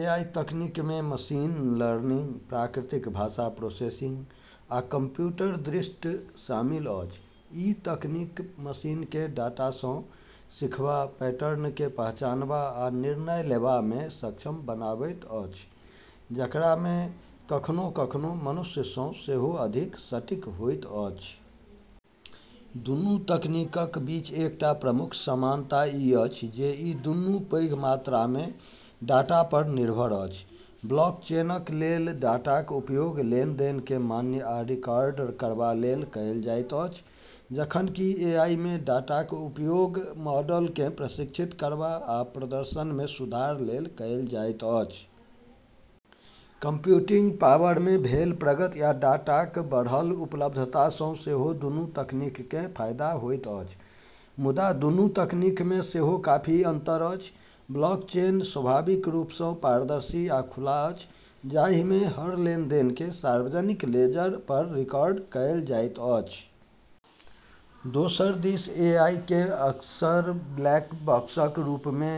AI तकनीकमे machine learning, प्राकृतिक भाषा प्रोसेसिंग, आ कंप्यूटर दृष्टि शामिल अछि। ई तकनीक मशीनकेँ डाटा सँ सीखबा, पैटर्नकेँ पहचानबा आ निर्णय लेबामे सक्षम बनाबैत अछि, जेकरामे कखनो-कखनो मनुष्य सँ सेहो अधिक सटीक होइत अछि। दुनू तकनीकक बीच एकटा प्रमुख समानता ई अछि जे ई दुनू पैघ मात्रामे डाटा पर निर्भर अछि। ब्लॉकचेनक लेल, डाटाक उपयोग लेनदेनकेँ मान्य आ रिकॉर्ड करबा लेल कएल जाइत अछि जखन कि एआईमे, डाटाक उपयोग मॉडलकेँ प्रशिक्षित करबा आ प्रदर्शनमे सुधार लेल कएल जाइत अछि। कंप्यूटिंग पावरमे भेल प्रगति आ डाटाक बढ़ल उपलब्धता सँ सेहो दुनू तकनीककेँ फायदा होइत अछि। मुदा, दुनू तकनीकमे सेहो काफी अंतर अछि। ब्लॉकचेन स्वाभाविक रूप सँ पारदर्शी आ खुला अछि, जाहिमे हर लेनदेनकेँ सार्वजनिक लेजर पर रिकॉर्ड कएल जाइत अछि। दोसर दिस एआईकेँ अक्सर ब्लैक बॉक्सक रूपमे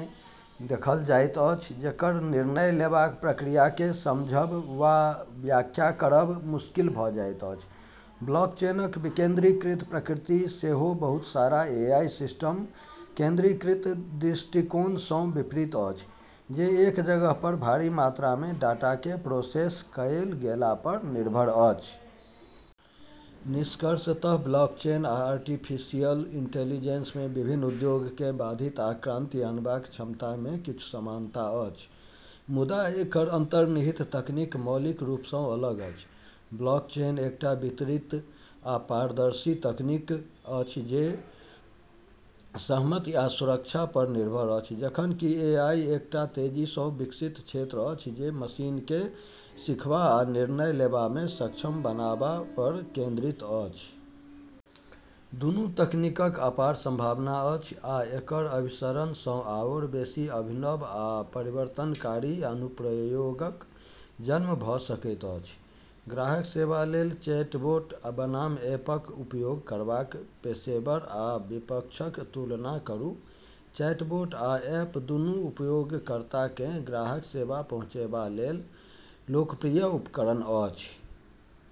देखल जाइत अछि, जेकर निर्णय लेबाक प्रक्रियाकेँ समझब वा व्याख्या करब मुश्किल भ’ जाइत अछि। ब्लॉकचेनक विकेंद्रीकृत प्रकृति सेहो बहुत सारा एआई सिस्टमक केंद्रीकृत दृष्टिकोण सँ विपरीत अछि, जे एक जगह पर भारी मात्रामे डाटाकेँ प्रोसेस कएल गेला पर निर्भर अछि। निष्कर्षतः, ब्लॉकचेन आ आर्टिफिशियल इंटेलिजेंसमे विभिन्न उद्योगकेँ बाधित आ क्रांति आनबाक क्षमतामे किछु समानता अछि, मुदा एकर अंतर्निहित तकनीक मौलिक रूप सँ अलग अछि। ब्लॉकचेन एकटा वितरित आ पारदर्शी तकनीक अछि जे सहमति आ सुरक्षा पर निर्भर अछि, जखन कि एआई एकटा तेजी सँ विकसित क्षेत्र अछि जे मशीनकेँ सीखबा आ निर्णय लेबामे सक्षम बनाबा पर केंद्रित अछि। दुनू तकनीकक अपार संभावना अछि, आ एकर अभिसरण सँ आओर बेसि अभिनव आ परिवर्तनकारी अनुप्रयोगक जन्म भ’ सकैत अछि। ग्राहक सेवा लेल चैटबोट बनाम ऐपक उपयोग करबाक पेशेवर आ विपक्षक तुलना करू। चैटबोट आ ऐप दुनू उपयोगकर्ताकेँ ग्राहक सेवा पहुँचेबा लेल लोकप्रिय उपकरण अछि।